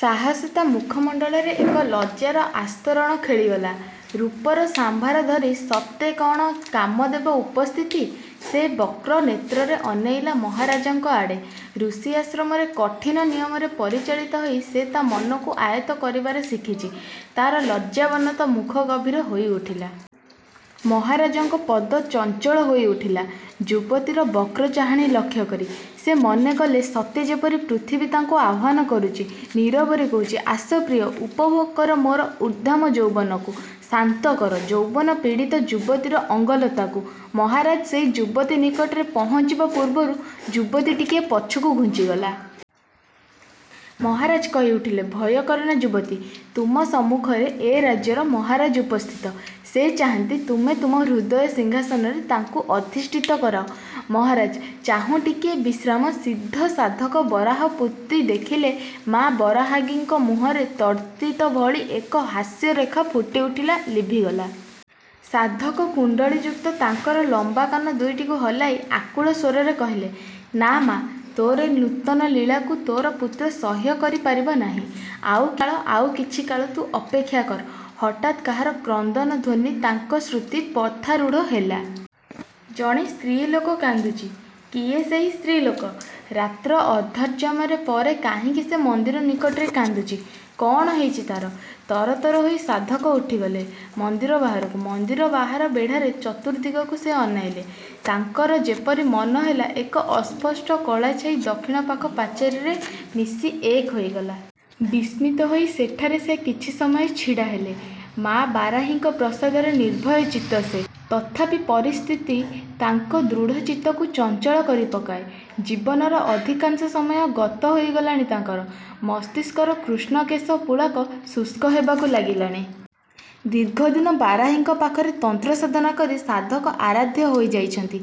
ସହସା ତା ମୁଖମଣ୍ଡଳରେ ଏକ ଲଜ୍ଜାର ଆସ୍ତରଣ ଖେଳିଗଲା। ରୂପର ସମ୍ଭାର ଧରି ସତେ କଣ କାମଦେବ ଉପସ୍ଥିତ? ସେ ବକ୍ର ନେତ୍ରରେ ଅନାଇଲା ମହାରାଜାଙ୍କ ଆଡ଼େ। ଋଷି ଆଶ୍ରମର କଠିନ ନିୟମରେ ପରିଚାଳିତାହୋଇ ସେ ତା ମନକୁ ଆୟତ କରିବା ଶିଖିଛି। ତାର ଲଜ୍ଜାବନତ ମୁଖ ଗମ୍ଭୀର ହୋଇଉଠିଲା। ମହାରାଜଙ୍କ ପଦ ଚଞ୍ଚଳ ହୋଇ ଉଠିଲା ଯୁବତୀର ବକ୍ର ଚାହାଣୀ ଲକ୍ଷ୍ୟ କରି। ସେ ମନେକଲେ ସତେ ଯେପରି ପୃଥିବୀ ତାଙ୍କୁ ଆହ୍ୱାନ କରୁଛି–ନୀରବରେ କହୁଛି, ଆସ ପ୍ରିୟ! ଉପଭୋଗ କର ମୋର ଉଦ୍ଦାମ ଯୌବନକୁ। ଶାନ୍ତକର ଯୌବନ ପୀଡ଼ିତ ଯୁବତୀର ଅଙ୍ଗଲତାକୁ। ମହାରାଜ ସେହି ଯୁବତୀ ନିକଟରେ ପହଞ୍ଚିବା ପୂର୍ବରୁ ଯୁବତୀ ଟିକିଏ ପଛକୁ ଘୁଞ୍ଚିଗଲା-। ମହାରାଜ କହିଉଠିଲେ, ଭୟ କରନା ଯୁବତୀ। ତୁମ ସମ୍ମୁଖରେ ଏ ରାଜ୍ୟର ମହାରାଜ ଉପସ୍ଥିତ। ସେ ଚାହାନ୍ତି ତୁମେ ତୁମ ହୃଦୟ ସିଂହାସନରେ ତାଙ୍କୁ ଅଧିଷ୍ଠିତ କରାଅ। ମହାରାଜ। ଚାହୁଁ ଟିକିଏ ବିଶ୍ରାମ। ସିଦ୍ଧ ସାଧକ ବାରାହୀପୁତ୍ତ ଦେଖିଲେ ମା ବାରାହୀଙ୍କ ମୁହଁରେ ତଡ଼ିତ୍ ଭଳି ଏକ ହାସ୍ୟରେଖା ଫୁଟି ଉଠି ଲିଭିଗଲା। ସାଧକ କୁଣ୍ଡଳଯୁକ୍ତ ତାଙ୍କର ଲମ୍ୱା କାନ ଦୁଇଟିକୁ ହଲାଇ ଆକୁଳ ସ୍ୱରରେ କହିଲେ ନା ମା! ତୋର ଏ ନୂତନ ଲୀଳାକୁ ତୋର ପୁତ୍ର ସହ୍ୟ କରିପାରିବ ନାହିଁ-। ଆଉ କିଛିକାଳ—ଆଉ କିଛିକାଳ ତୁ ଅପେକ୍ଷା କର। ହଠାତ୍ କାହାର କ୍ରନ୍ଦନ ଧ୍ୱନୀ ତାଙ୍କ ଶୃତି ପଥାରୂଢ଼ ହେଲା। ଜଣେ ସ୍ତ୍ରୀଲୋକ କାନ୍ଦୁଛି। କିଏ ସେହି ସ୍ତ୍ରୀଲୋକ। ରାତ୍ର ଅର୍ଦ୍ଧାଯାମ ପରେ କାହିଁକି ସେ ମନ୍ଦିର ନିକଟରେ କାନ୍ଦୁଛି? କଣ ହୋଇଛି ତାର? ତରତର ହୋଇ ସାଧକ ଉଠିଗଲେ ମନ୍ଦିର ବାହାରକୁ। ମନ୍ଦିର ବାହାରେ ବେଢ଼ାର ଚତୁର୍ଦ୍ଦିଗକୁ ସେ ଅନାଇଲେ। ତାଙ୍କର ଯେପରି ମନେହେଲା ଏକ ଅସ୍ପଷ୍ଟ କଳାଛାଇ ଦକ୍ଷିଣ ପାଖ ପାଚେରୀରେ ମିଶି ଏକ ହୋଇଗଲା। ବିସ୍ମିତ ହୋଇ ସେହିଠାରେ କିଛି ସମୟ ସେ ଛିଡ଼ା ହେଲେ-। ମା ବାରାହୀଙ୍କ ପ୍ରସାଦରେ ନିର୍ଭୟ ଚିତ୍ତ ସେ। ତଥାପି ପରିସ୍ଥିତି ତାଙ୍କ ଦୃଢ଼ ଚିତ୍ତକୁ ଚଞ୍ଚଳ କରି ପକାଏ। ଜୀବନର ଅଧିକାଂଶ ସମୟ ଗତ ହୋଇ ଗଲାଣି ତାଙ୍କର। ମସ୍ତିଷ୍କର କୃଷ୍ଣ କେଶ ପୁଳାକ ଶୁକ୍ଳ ହେବାକୁ ଲାଗିଲାଣି। ଦୀର୍ଘଦିନ ବାରାହୀଙ୍କ ପାଖରେ ତନ୍ତ୍ର ସାଧନା କରି ସାଧକ ଆରାଧ୍ୟା ଏକ ହେଇ ଯାଇଛନ୍ତି।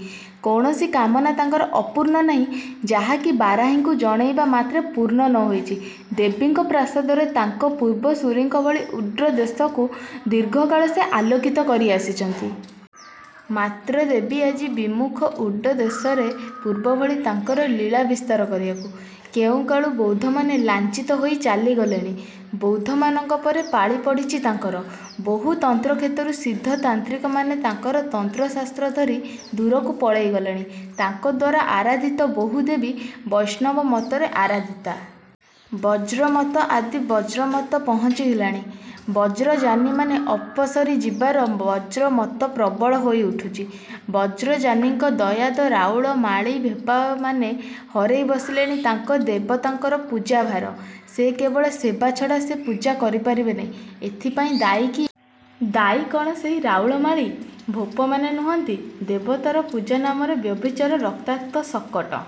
କୌଣସି କାମନା ତାଙ୍କର ଅପୂର୍ଣ୍ଣ ନାହିଁ ଯାହାକି ବାରାହୀଙ୍କୁ ଜଣାଇବା ମାତ୍ରେ ପୂର୍ଣ୍ଣ ନ ହୋଇଛି। ଦେବୀଙ୍କ ପ୍ରସାଦରେ ତାଙ୍କ ପୂର୍ବ ସୂରୀଙ୍କ ଭଳି ଉଡ଼୍ର ଦେଶକୁ ଦୀର୍ଘକାଳ ସେ ଆଲୋକିତ କରି ଆସିଛନ୍ତି। ମାତ୍ର ଦେବୀ ଆଜି ବିମୁଖ ଉଡ଼୍ର ଦେଶରେ ପୂର୍ବଭଳି ତାଙ୍କ ଲୀଳା ବିସ୍ତାର କରିବାକୁ। କେଉଁକାଳୁ ବୌଦ୍ଧମାନେ ଲାଞ୍ଛିତ ହୋଇ ଚାଲିଗଲେଣି। ବୌଦ୍ଧମାନଙ୍କ ପରେ ପାଳି ପଡ଼ିଛି ତାଙ୍କର। ବହୁ ତନ୍ତ୍ର କ୍ଷେତ୍ରରୁ ସିଦ୍ଧ ତାନ୍ତ୍ରିକମାନେ ତାଙ୍କର ତନ୍ତ୍ରଶାସ୍ତ୍ର ଧରି ଦୂରକୁ ପଳାଇ ଗଲେଣି। ତାଙ୍କ ଦ୍ୱାରା ଆରାଧିତ ବହୁ ଦେବୀ ବୈଷ୍ଣବ ମତରେ ଆରାଧିତା। ବଜ୍ର ମତ ଆଦି ବଜ୍ର ମତରେ ପହଞ୍ଚିଲାଣି। ବଜ୍ରଯାନୀମାନେ ଅପସରି ଯିବାରୁ ବ୍ରଜ ମତ ପ୍ରବଳ ହୋଇ ଉଠୁଛି। ବଜ୍ରଯାନୀଙ୍କ ଦାୟାଦ ରାଉଳ, ମାଳୀ, ଭୋପାମାନେ ହରାଇ ବସିଲେଣି ଦେବତାଙ୍କ ପୂଜା ଭାର। କେବଳ ସେବା ଛଡ଼ା ସେ ପୂଜା କରିପାରିବେ ନାହିଁ। ଏଥିପାଇଁ ଦାୟୀ କିଏ? ଦାୟି କଣ ସେହି ରାଉଳ, ମାଳୀ, ଭୋପାମାନେ ନୁହନ୍ତି? ଦେବତାର ପୂଜା ନାମରେ ବ୍ୟଭିଚାର ରକ୍ତାକ୍ତ ଶକଟ